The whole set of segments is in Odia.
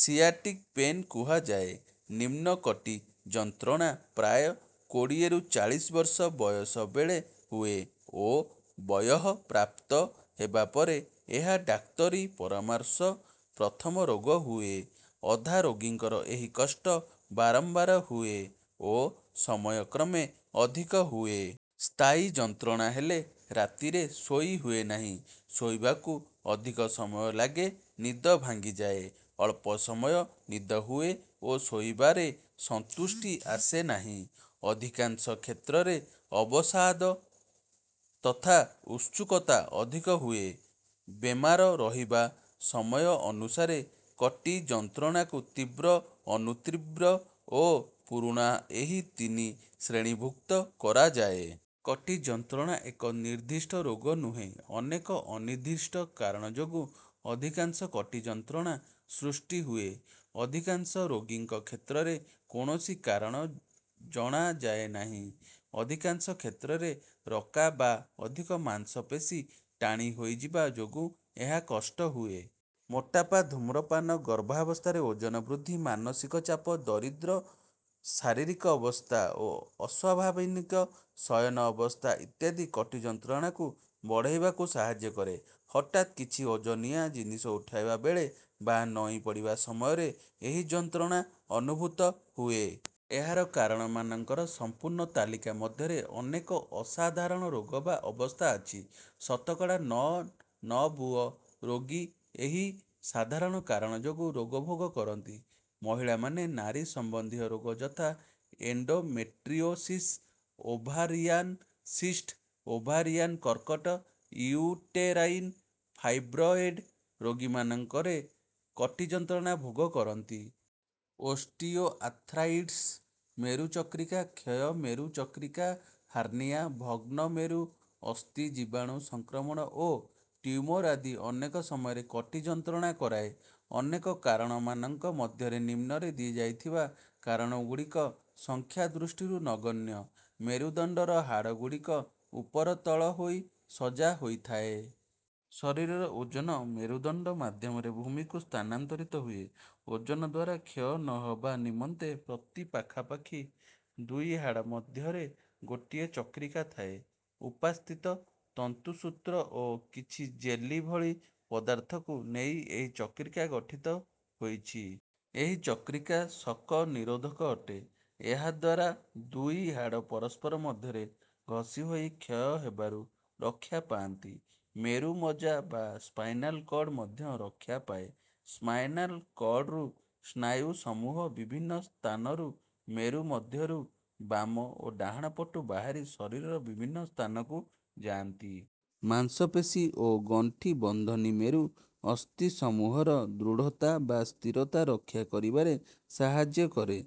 ସିଆଟିକ ପେନ କୁହାଯାଏ। ନିମ୍ନ କଟି ଯନ୍ତ୍ରଣା ପ୍ରାୟ କୋଡ଼ିଏରୁ ଚାଳିଶ ବର୍ଷ ବୟସ ବେଳେ ହୁଏ ଓ ବୟଃପ୍ରାପ୍ତ ହେବା ପରେ ଏହା ଡାକ୍ତରୀ ପରାମର୍ଶ ପ୍ରଥମ ରୋଗ ହୁଏ। ଅଧା ରୋଗୀଙ୍କର ଏହି କଷ୍ଟ ବାରମ୍ବାର ହୁଏ ଓ ସମୟକ୍ରମେ ଅଧିକ ହୁଏ। ସ୍ଥାୟୀ ଯନ୍ତ୍ରଣା ହେଲେ ରାତିରେ ଶୋଇ ହୁଏ ନାହିଁ ଶୋଇବାକୁ ଅଧିକ ସମୟ ଲାଗେ ନିଦ ଭାଙ୍ଗିଯାଏ ଅଳ୍ପ ସମୟ ନିଦ ହୁଏ ଓ ଶୋଇବାରେ ସନ୍ତୁଷ୍ଟି ଆସେ ନାହିଁ। ଅଧିକାଂଶ କ୍ଷେତ୍ରରେ ଅବସାଦ ତଥା ଉତ୍ସୁକତା ଅଧିକ ହୁଏ। ବେମାର ରହିବା ସମୟ ଅନୁସାରେ କଟି ଯନ୍ତ୍ରଣାକୁ ତୀବ୍ର ଅନୁତୀବ୍ର ଓ ପୁରୁଣା ଏହି ତିନି ଶ୍ରେଣୀଭୁକ୍ତ କରାଯାଏ। କଟି ଯନ୍ତ୍ରଣା ଏକ ନିର୍ଦ୍ଦିଷ୍ଟ ରୋଗ ନୁହେଁ ଅନେକ ଅନିର୍ଦ୍ଦିଷ୍ଟ କାରଣ ଯୋଗୁଁ ଅଧିକାଂଶ କଟି ଯନ୍ତ୍ରଣା ସୃଷ୍ଟି ହୁଏ। ଅଧିକାଂଶ ରୋଗୀଙ୍କ କ୍ଷେତ୍ରରେ କୌଣସି କାରଣ ଜଣାଯାଏ ନାହିଁ। ଅଧିକାଂଶ କ୍ଷେତ୍ରରେ ରକା ବା ଅଧିକ ମାଂସପେଶୀ ଟାଣି ହୋଇଯିବା ଯୋଗୁଁ ଏହା କଷ୍ଟ ହୁଏ। ମୋଟାପା ଧୂମପାନ ଗର୍ଭାବସ୍ଥାରେ ଓଜନ ବୃଦ୍ଧି ମାନସିକ ଚାପ ଦରିଦ୍ର ଶାରୀରିକ ଅବସ୍ଥା ଓ ଅସ୍ୱାଭାବିକ ଶୟନ ଅବସ୍ଥା ଇତ୍ୟାଦି କଟି ଯନ୍ତ୍ରଣାକୁ ବଢ଼ାଇବାକୁ ସାହାଯ୍ୟ କରେ। ହଠାତ୍ କିଛି ଓଜନିଆ ଜିନିଷ ଉଠାଇବା ବେଳେ ବା ନଇଁ ପଡ଼ିବା ସମୟରେ ଏହି ଯନ୍ତ୍ରଣା ଅନୁଭୂତ ହୁଏ। ଏହାର କାରଣମାନଙ୍କର ସମ୍ପୂର୍ଣ୍ଣ ତାଲିକା ମଧ୍ୟରେ ଅନେକ ଅସାଧାରଣ ରୋଗ ବା ଅବସ୍ଥା ଅଛି। ଶତକଡ଼ା ନଅ ନବୁଅ ରୋଗୀ ଏହି ସାଧାରଣ କାରଣ ଯୋଗୁଁ ରୋଗ ଭୋଗ କରନ୍ତି। ମହିଳାମାନେ ନାରୀ ସମ୍ବନ୍ଧୀୟ ରୋଗ ଯଥା ଏଣ୍ଡୋମେଟ୍ରିଓସିସ ଓଭାରିଆନ ସିଷ୍ଟ ଓଭାରିଆନ କର୍କଟ ୟୁଟେରାଇନ ଫାଇବ୍ରଏଡ ରୋଗିମାନଙ୍କରେ କଟି ଯନ୍ତ୍ରଣା ଭୋଗ କରନ୍ତି। ଓଷ୍ଟିଓଆର୍ଥ୍ରାଇଟିସ ମେରୁ ଚକ୍ରିକା କ୍ଷୟ ମେରୁ ଚକ୍ରିକା ହାର୍ନିଆ ଭଗ୍ନ ମେରୁ ଅସ୍ଥି ଜୀବାଣୁ ସଂକ୍ରମଣ ଓ ଟ୍ୟୁମର ଆଦି ଅନେକ ସମୟରେ କଟି ଯନ୍ତ୍ରଣା କରାଏ। ଅନେକ କାରଣମାନଙ୍କ ମଧ୍ୟରେ ନିମ୍ନରେ ଦିଆଯାଇଥିବା କାରଣଗୁଡ଼ିକ ସଂଖ୍ୟା ଦୃଷ୍ଟିରୁ ନଗଣ୍ୟ। ମେରୁଦଣ୍ଡର ହାଡ଼ଗୁଡ଼ିକ ଉପର ତଳ ହୋଇ ସଜା ହୋଇଥାଏ। ଶରୀରର ଓଜନ ମେରୁଦଣ୍ଡ ମାଧ୍ୟମରେ ଭୂମିକୁ ସ୍ଥାନାନ୍ତରିତ ହୁଏ। ଓଜନ ଦ୍ୱାରା କ୍ଷୟ ନ ହେବା ନିମନ୍ତେ ପ୍ରତି ପାଖାପାଖି ଦୁଇ ହାଡ଼ ମଧ୍ୟରେ ଗୋଟିଏ ଚକ୍ରିକା ଥାଏ। ଉପାସ୍ଥି ତନ୍ତୁସୂତ୍ର ଓ କିଛି ଜେଲି ଭଳି ପଦାର୍ଥକୁ ନେଇ ଏହି ଚକ୍ରିକା ଗଠିତ ହୋଇଛି। ଏହି ଚକ୍ରିକା ଷକ ନିରୋଧକ ଅଟେ। ଏହା ଦ୍ୱାରା ଦୁଇ ହାଡ଼ ପରସ୍ପର ମଧ୍ୟରେ ଘଷି ହୋଇ କ୍ଷୟ ହେବାରୁ ରକ୍ଷା ପାଆନ୍ତି। ମେରୁ ମଜ୍ଜା ବା ସ୍ପାଇନାଲ କଡ଼ ମଧ୍ୟ ରକ୍ଷା ପାଏ। ସ୍ପାଇନାଲ କଡ଼ରୁ ସ୍ନାୟୁସମୂହ ବିଭିନ୍ନ ସ୍ଥାନରୁ ମେରୁ ମଧ୍ୟରୁ ବାମ ଓ ଡାହାଣ ପଟୁ ବାହାରି ଶରୀରର ବିଭିନ୍ନ ସ୍ଥାନକୁ ଯାଆନ୍ତି। ମାଂସପେଶୀ ଓ ଗଣ୍ଠି ବନ୍ଧନୀ ମେରୁ ଅସ୍ଥିସମୂହର ଦୃଢ଼ତା ବା ସ୍ଥିରତା ରକ୍ଷା କରିବାରେ ସାହାଯ୍ୟ କରେ।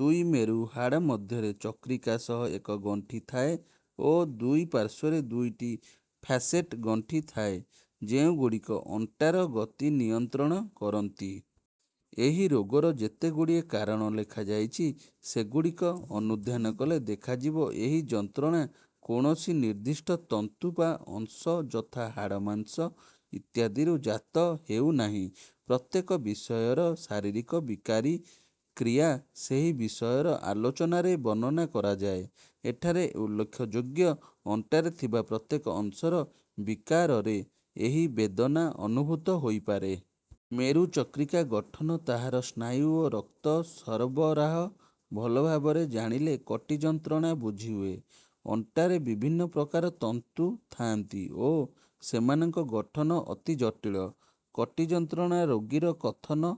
ଦୁଇ ମେରୁ ହାଡ଼ ମଧ୍ୟରେ ଚକ୍ରିକା ସହ ଏକ ଗଣ୍ଠି ଥାଏ ଓ ଦୁଇ ପାର୍ଶ୍ୱରେ ଦୁଇଟି ଫ୍ୟାସେଟ ଗଣ୍ଠି ଥାଏ ଯେଉଁଗୁଡ଼ିକ ଅଣ୍ଟାର ଗତି ନିୟନ୍ତ୍ରଣ କରନ୍ତି। ଏହି ରୋଗର ଯେତେଗୁଡ଼ିଏ କାରଣ ଲେଖାଯାଇଛି ସେଗୁଡ଼ିକ ଅନୁଧ୍ୟାନ କଲେ ଦେଖାଯିବ ଏହି ଯନ୍ତ୍ରଣା କୌଣସି ନିର୍ଦ୍ଦିଷ୍ଟ ତନ୍ତୁ ବା ଅଂଶ ଯଥା ହାଡ଼ ମାଂସ ଇତ୍ୟାଦିରୁ ଜାତ ହେଉନାହିଁ। ପ୍ରତ୍ୟେକ ବିଷୟର ଶାରୀରିକ ବିକାରୀ କ୍ରିୟା ସେହି ବିଷୟର ଆଲୋଚନାରେ ବର୍ଣ୍ଣନା କରାଯାଏ। ଏଠାରେ ଉଲ୍ଲେଖଯୋଗ୍ୟ ଅଣ୍ଟାରେ ଥିବା ପ୍ରତ୍ୟେକ ଅଂଶର ବିକାରରେ ଏହି ବେଦନା ଅନୁଭୂତ ହୋଇପାରେ। ମେରୁ ଚକ୍ରିକା ଗଠନ ତାହାର ସ୍ନାୟୁ ଓ ରକ୍ତ ସରବରାହ ଭଲ ଭାବରେ ଜାଣିଲେ କଟି ଯନ୍ତ୍ରଣା ବୁଝିହୁଏ। ଅଣ୍ଟାରେ ବିଭିନ୍ନ ପ୍ରକାର ତନ୍ତୁ ଥାଆନ୍ତି ଓ ସେମାନଙ୍କ ଗଠନ ଅତି ଜଟିଳ। କଟି ଯନ୍ତ୍ରଣା ରୋଗୀର କଥନ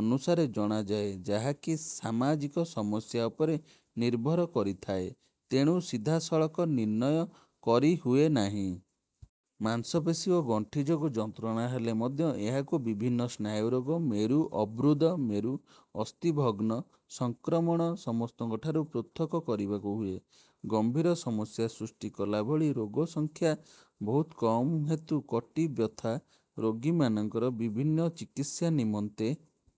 ଅନୁସାରେ ଜଣାଯାଏ ଯାହାକି ସାମାଜିକ ସମସ୍ୟା ଉପରେ ନିର୍ଭର କରିଥାଏ ତେଣୁ ସିଧାସଳଖ ନିର୍ଣ୍ଣୟ କରିହୁଏ ନାହିଁ। ମାଂସପେଶୀ ଓ ଗଣ୍ଠି ଯୋଗୁଁ ଯନ୍ତ୍ରଣା ହେଲେ ମଧ୍ୟ ଏହାକୁ ବିଭିନ୍ନ ସ୍ନାୟୁ ରୋଗ ମେରୁ ଅର୍ବୁଦ ମେରୁ ଅସ୍ଥିଭଗ୍ନ ସଂକ୍ରମଣ ସମସ୍ତଙ୍କଠାରୁ ପୃଥକ କରିବାକୁ ହୁଏ। ଗମ୍ଭୀର ସମସ୍ୟା ସୃଷ୍ଟି କଲା ଭଳି ରୋଗ ସଂଖ୍ୟା ବହୁତ କମ ହେତୁ କଟି ବ୍ୟଥା ରୋଗୀମାନଙ୍କର ବିଭିନ୍ନ ଚିକିତ୍ସା ନିମନ୍ତେ